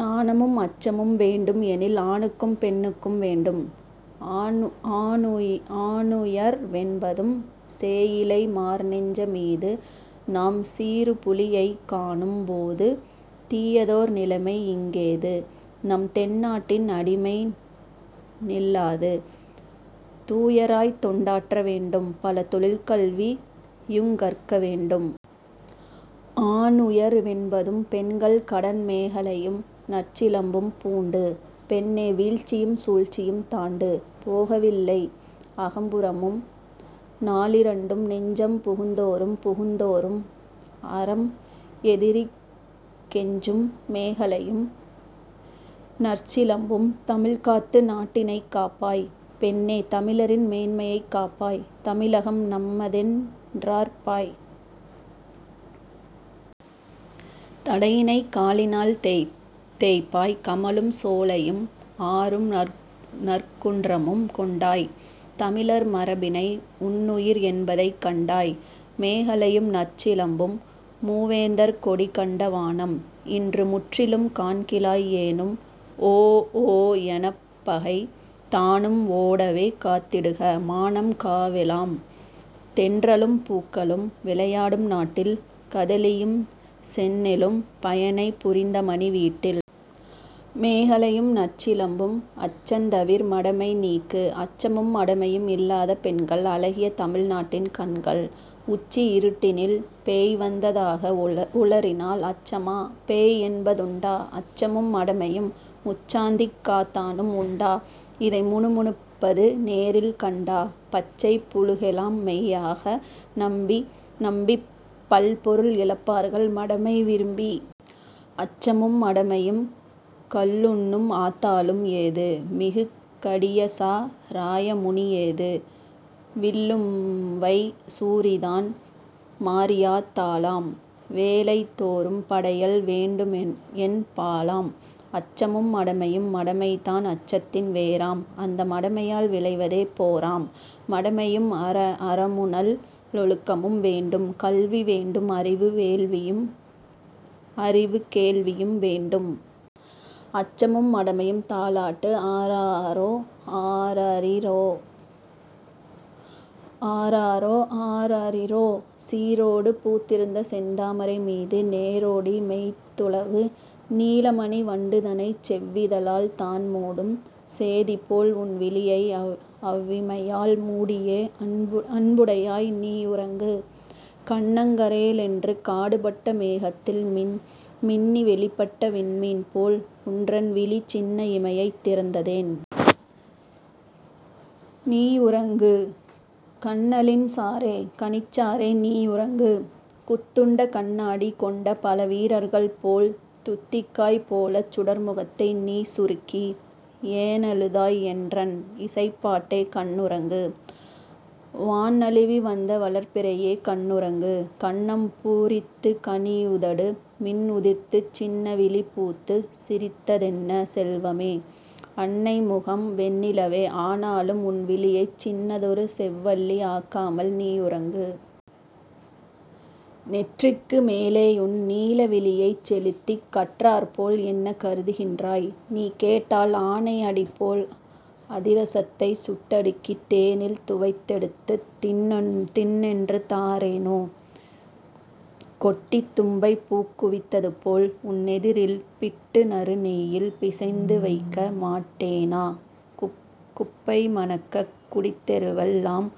நாணமும் அச்சமும் வேண்டும் -- எனில் ஆணுக்கும் பெண்ணுக்கும் வேண்டும். ஆணுயர் வென்பதும்... சேயிழை மார்நெஞ்ச மீது -- நாம் சீறுபுலி யைக்காணும் போது தீயதோர் நிலைமைஇங் கேது? -- நம் தென்னாட்டின் அடிமைநில் லாது. தூயராய்த் தொண்டாற்ற வேண்டும் -- பல தொழிற்கல்வி யுங்கற்க வேண்டும். ஆணுயர் வென்பதும்... பெண்கள் கடன் மேகலையும் நற்சிலம்பும் பூண்டு -- பெண்ணே வீழ்ச்சியும் சூழ்ச்சியும் தாண்டு! போகவில்லை அகம்புறமும், நாலிரண்டும் நெஞ்சம் புகுந்தோறும் புகுந்தோறும் அறம் எதிரிற் கொஞ்சும் மேகலையும் நற்சிலம்பும்... தமிழ்காத்து நாட்டினைக் காப்பாய் -- பெண்ணே தமிழரின் மேன்மையைக் காப்பாய் தமிழகம் நம்மதென் றார்ப்பாய்। தடையினைக் காலினால் தேய்ப்பாய்! கமழும் சோலையும், ஆறும் நற்குன்றமும் கொண்டாய் தமிழர் மரபினை உன்னுயிர் என்பதைக் கண்டாய். மேகலையும் நற்சிலம்பும்... மூவேந்தர் கொடி கண்ட வானம் -- இன்று முற்றிலும் கான்கிலாய் ஏனும் ஓஓஎ னப் பகை தானும் ஓடவே காத் திடுக மானம் காவெலாம் தென்றலும் பூக்களும் விளையாடும் நாட்டில் கதலியும் செந்நெலும் பயனைப் புரிந்தமணி வீட்டில். மேகலையும் நற்சிலம்பும்... அச்சந்தவிர், மடமை நீக்கு! அச்சமும் மடமையும் இல்லாத பெண்கள் அழகிய தமிழ் நாட்டின் கண்கள் உச்சி இருட்டினில் பேய்வந்த தாக உளறினால் அச்சமா? பேய் என்ப துண்டா? அச்சமும் மடமையும்... முச்சந்திக் காத்தானும் உண்டா? -- இதை முணுமுணுப்பது நேரில் கண்டா? பச்சைப் புளுகெலாம் மெய்யாக நம்பிப் பல்பொருள் இழப்பார்கள் மடமை விரும்பி! அச்சமும் மடமையும்... கள்ளுண்ணும் ஆத்தாளும் ஏது? -- மிகு கடியசா ராயமுனி ஏது? விள்ளும்வை சூரிதான் மாரியாத் தாளாம்; வேளைதோறும் படையல் வேண்டும்என் பாளாம். அச்சமும் மடமையும்... மடமைதான் அச்சத்தின் வேராம் -- அந்த மடமையால் விளைவதே போராம்! மடமையும் அறமுநல் லொழுக்கமும் வேண்டும் கல்விவேண் டும்அறிவு கேள்வியும் வேண்டும். அச்சமும் மடமையும்... தாலாட்டு ஆராரோ ஆரரிரோ ஆராரோ ஆரரிரோ! சீரோடு பூத்திருந்த செந்தாமரை மீது நேரோடி மொய்த்துலவு நீலமணி வண்டுதனைச் செவ்விதழால் தான்மூடும் சேதிபோல் உன்விழியை அவ்விமையால் மூடியே அன்புடையாய் நீயுறங்கு! கன்னங் கறேலென்று காடுபட்ட மேகத்தில் மின்னி வெளிப்பட்ட விண்மீன்போல் உன்றன்விழி சின்ன இமையைத் திறந்ததேன்? நீயுறங்கு! கன்னலின் சாறே கனிச்சாறே நீயுறங்கு! குத்துண்ட கண்ணாடி கொண்டபல வீரர்கள்போல் துத்திக்காய் போலச் சுடர்முகத்தை நீசுருக்கி ஏனழுதாய் என்றன் இசைப்பாட்டே கண்ணுறங்கு! வான்நழுவி வந்த வளர்பிறையே கண்ணுறங்கு! கன்னம்பூ ரித்துக் கனியுதடு மின்உதிர்த்துச் சின்னவிழி பூத்துச் சிரித்ததென்ன செல்வமே? அன்னைமுகம் வெண்ணிலவே ஆனாலும் உன்விழியைச் சின்னதொரு செவ்வல்லி ஆக்காமல் நீயுறங்கு! நெற்றிக்கு மேலேயுன் நீலவிழியைச் செலுத்திக் கற்றார்போல் என்ன கருதுகின்றாய்? நீகேட்டால் ஆனை அடிபோல் அதிரசத்தைச் சுட்டடுக்கித் தேனில் துவைத்தெடுத்துத் தின்னென்று தாரேனோ? கொட்டித் தும்பைப்பூக் குவித்ததுபோல் உன்னெதிரில் பிட்டுநறு நெய்யில் பிசைந்துவைக்க மாட்டேனா? குப்பைமணக்கக் குடித்தெருவெல் லாம்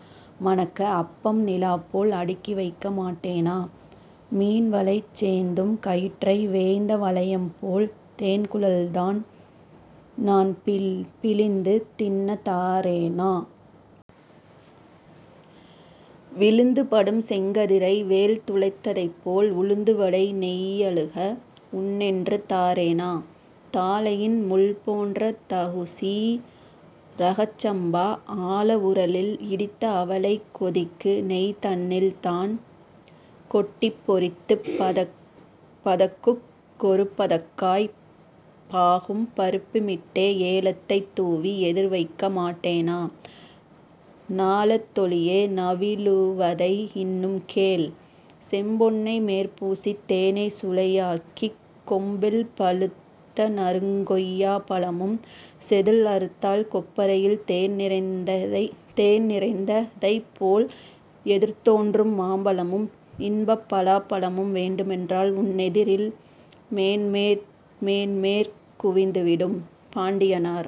மணக்க அப்பம் நிலாப்போல் அடுக்கிவைக்க மாட்டேனா? மீன்வலைசேந் தும்கயிற்றை வேய்ந்த வளையம்போல் தேன்குழல்தான் நான்பிழிந்து தின்னத் தாரேனா? விழுந்துபடும் செங்கதிரை வேல் துளைத்ததைப்போல் உழுந்துவடை நெய்யழுக உண்ணென்று தாரேனா? தாழையின் முள்போன்ற தகுசீ ரகச்சம்பா ஆழ உரலில் இடித்த அவலைக் கொதிக்குநெய் தன்னில்தான் கொட்டிப் பொறித்துப் பதக்குக் கொருபதக்காய்ப் பாகும் பருப்புமிட்டே ஏலத்தைத் தூவி எதிர் வைக்கமாட்டேனா? ஞாலத்தொளியே நவிலுவதை இன்னும் கேள்: செம்பொன்னை மேற்பூசித் தேனைச் சுளையாக்கிக் கொம்பில் பழுத்தநறுங் கொய்யாப் பழமும் செதில்அறுத்தால் கொப்பரையில் தேன்நிறைந்த தைப்போல் எதிர்த்தோன்றும் மாம்பழமும் இன்பப் பலாப்பழமும் வேண்டுமென்றால் உன்னெதிரில் மேன்மேற் குவிந்துவிடும். பாண்டியனார்